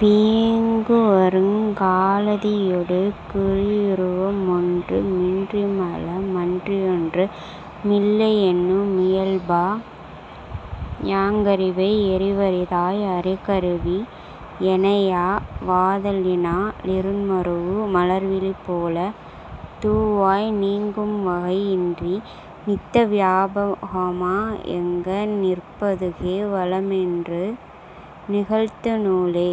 வீங்குவருங் கலாதியொடு குறியுருவ மொன்று மின்றிமல மன்றியொன்று மில்லையெனு மியல்பா யாங்கறிவை யறிவரிதாய் அறிகருவி யணையா வாதலினா லிருண்மருவு மலர்விழிபோல துவாய் நீங்கும்வகை யின்றி நித்த வியாபகமா யங்க ணிற்பதுகே வலமென்று நிகழ்த்து நூலே.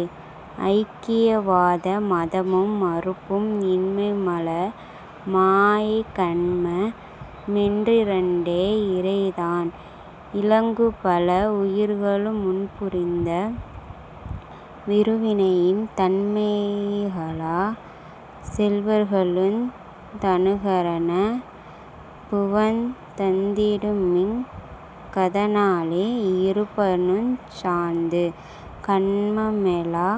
ஐக்கியவாத மதமும் மறுப்பும் இன்மைமல மாயைகன்ம மென்றிரண்டே யிறைதான் இலங்குபல வுயிர்களு முன்புரிந்த விருவினையின் தன்மைகளா லெவர்களுக்குந் தனுகரண புவனந் தந்திடுமிங் கதனாலே யிருபயனுஞ் சார்ந்து கன்மமெலா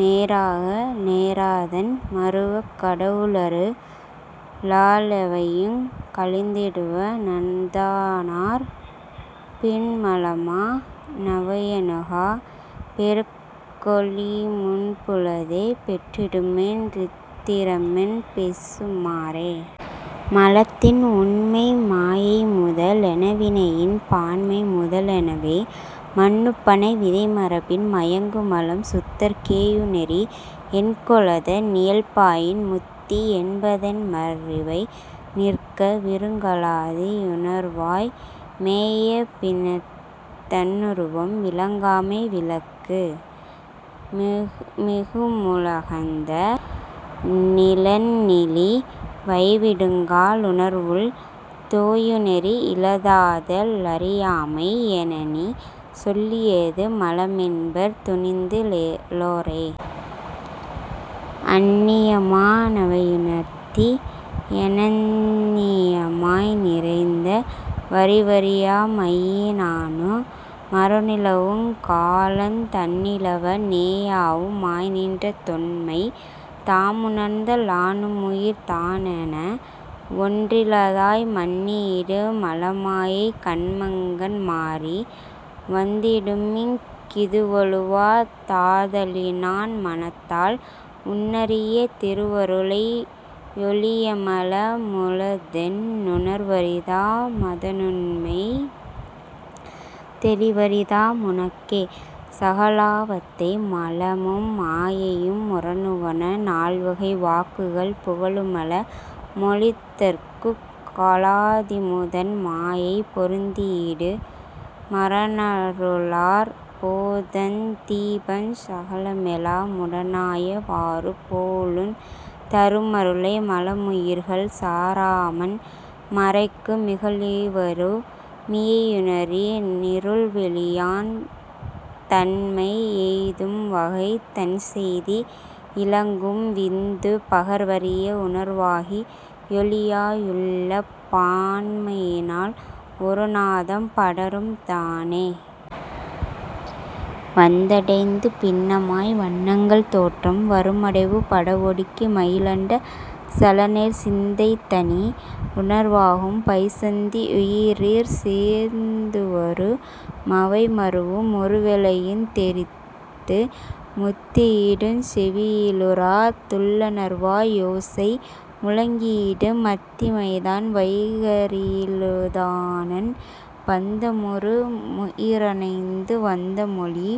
நேராக நேராதன் மருவக் கடவுளரு ளாலெவையுங் கழித்திடுவ னதனாற் பின்மலமா னவையணுகா பெருகொளிமுன்புளதே பெற்றிடுமென் றித்திறமென் பேசு மாறே. மலத்தின் உண்மை மாயைமுத லெனவினையின் பான்மைமுதலெனவே மன்னுபனை விதைமரபின் மயங்குமலம் சுத்தற் கேயுநெறி யென்கொலத னியல்பாயின் முத்தி என்பதென்மற் றிவை நிற்க விருங்கலாதி யுணர்வாய் மேய பினர்த் தன்னுருவம் விளங்காமை விளக்கு மிகுமுலகந்த னிலென்னிலி வைவிடுங்கா லுணர்வுள் தோயுநெறி யிலதாத லறியாமை யெனநீ சொல்லியது மலமென்பர் துணிந்து ளோரே. அந்நியமா னவையுணர்த்தி யநந்நியமாய் நிறைந்த வறிவறியா மையினானு மருணிலவுங் காலந் தன்னிலவ னேயாவு மாய்நின்ற தொன்மை தாமுணர்த லானுமுயிர் தானென வொன்றிலதாய் மன்னியிடு மலமாயை கன்மங்கண் மாறி வந்திடுமிங் கிதுவழுவா தாதலினான் மனத்தால் உன்னரிய திருவருளை யொழியமல முளதென் றுணர்வரிதா மதனுண்மை தெரிவரிதா முனக்கே.. சகலாவத்தை மலமும் மாயையும் முரனுவன: நால்வகை வாக்குகள் புகலுமல மொழித்தற்குக் கலாதிமுதன் மாயை பொருந்தியிடு மரனருளாற் போதந் தீபஞ் சகலமெலா முடனாய வாறு போலுந் தருமருளை மலமுயிர்கள் சாராமன் மறைக்கு மிகலிவரு மியையுணரி னிருள்வெளியாந் தன்மை எய்தும் வகை தன்செய்தி யிலங்கும் விந்து பகர்வரிய வுணர்வாகி யொளியா யுள்ளப் பான்மையினால் ஒரு நாதம் படரும் தானே. வந்தடைந்து பின்னமாய் வன்னங்கள் தோற்றம் வருமடைவு படவொடுக்கி மயிலண்ட சலநேர் சிந்தைதனி லுணர்வாகும் பைசந்தி யுயிரிற் சேர்ந்துவரு மவைமருவு முருவெவையுந் தெரித்து முந்தியிடுஞ் செவியிலுறா துள்ளணர்வா யோசை முழங்கியிடு மத்திமைதான் வைகரியிலுதானன் பந்தமுறு முயிரணைந்து வந்தமொழி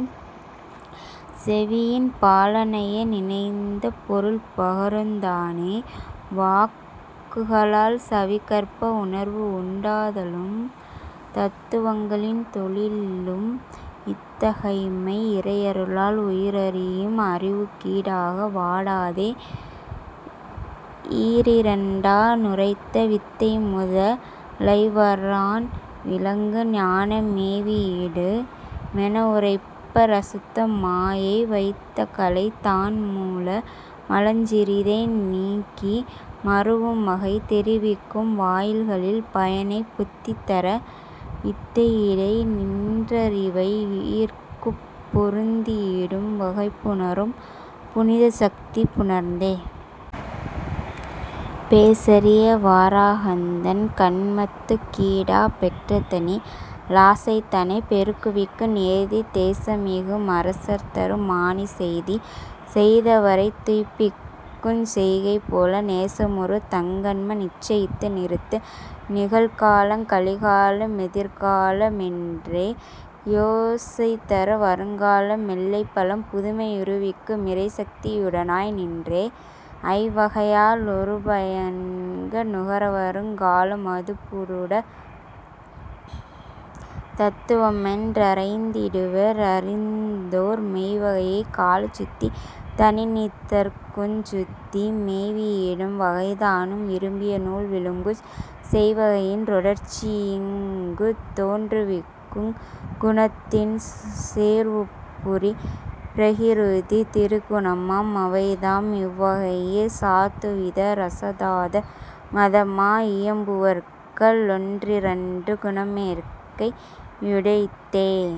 செவியின் பாலணைய நினைந்த பொருள் பகருந் தானே. வாக்குகளால் சவிகற்ப உணர்வு உண்டாதலும் தத்துவங்களின் தொழிலும் இத்தகைமை இறையருளால் உயிரறியும் அறிவுக் கீடாக வாடாதே யீரிரண்டா னுரைத்த வித்தைமுத லைவரான் விளங்கு ஞான மேவியிடு மெனவுரைப்ப ரசுத்த மாயை வைத்தகலை தான்மூல மலஞ்சிறிதே நீக்கி மருவும்வகை தெரிவிக்கும் வாயில்களின் பயனைப் புத்திதர வித்தையிடை நின்றறிவை யுயிர்க்குப் பொருந்தியிடும் வகைபுணரும் புனிதசத்தி புணர்ந்தே. பேசரிய வராகந்தன் கன்மத்துக் கீடாப் பெற்றதனி லாசைதனைப் பெருகுவிக்கு நியதி தேசமிகு மரசர்தரு மாணி செய்தி செய்தவரைத் துய்ப்பிக்குஞ் செய்கை போல நேசமுறு தங்கன்ம நிச்சயித்து நிறுத்து நிகழ்காலங் கழிகால மெதிர்கால மென்றே யோசைதர வருங்கால மெல்லைபலம் புதுமை யுறுவிக்கு மிறைசக்தி யுடனாய் நின்றே. ஐவகையா லுறுபயன்க ணுகரவருங் கால மதுபுருட தத்துவமென் றறைந்திடுவ ரறிந்தோர் மெய்வகைய கலாசுத்தி தனினிதற்குஞ் சுத்தி மேவியிடும் வகைதானும் விரும்பிய நூல் விளம்புஞ் செய்வகையின் றொடர்ச்சியிங்குத் தோற்றுவிக்குங் குணத்தின் சேர்வுபுரி பிரகிருதி திரிகுணமா மவைதா மிவ்வகையிற் சாத்துவித ராசததா மதமா இயம்புவர்க ளொன்றிரண்டு குணமேற்கை யுடைத்தே.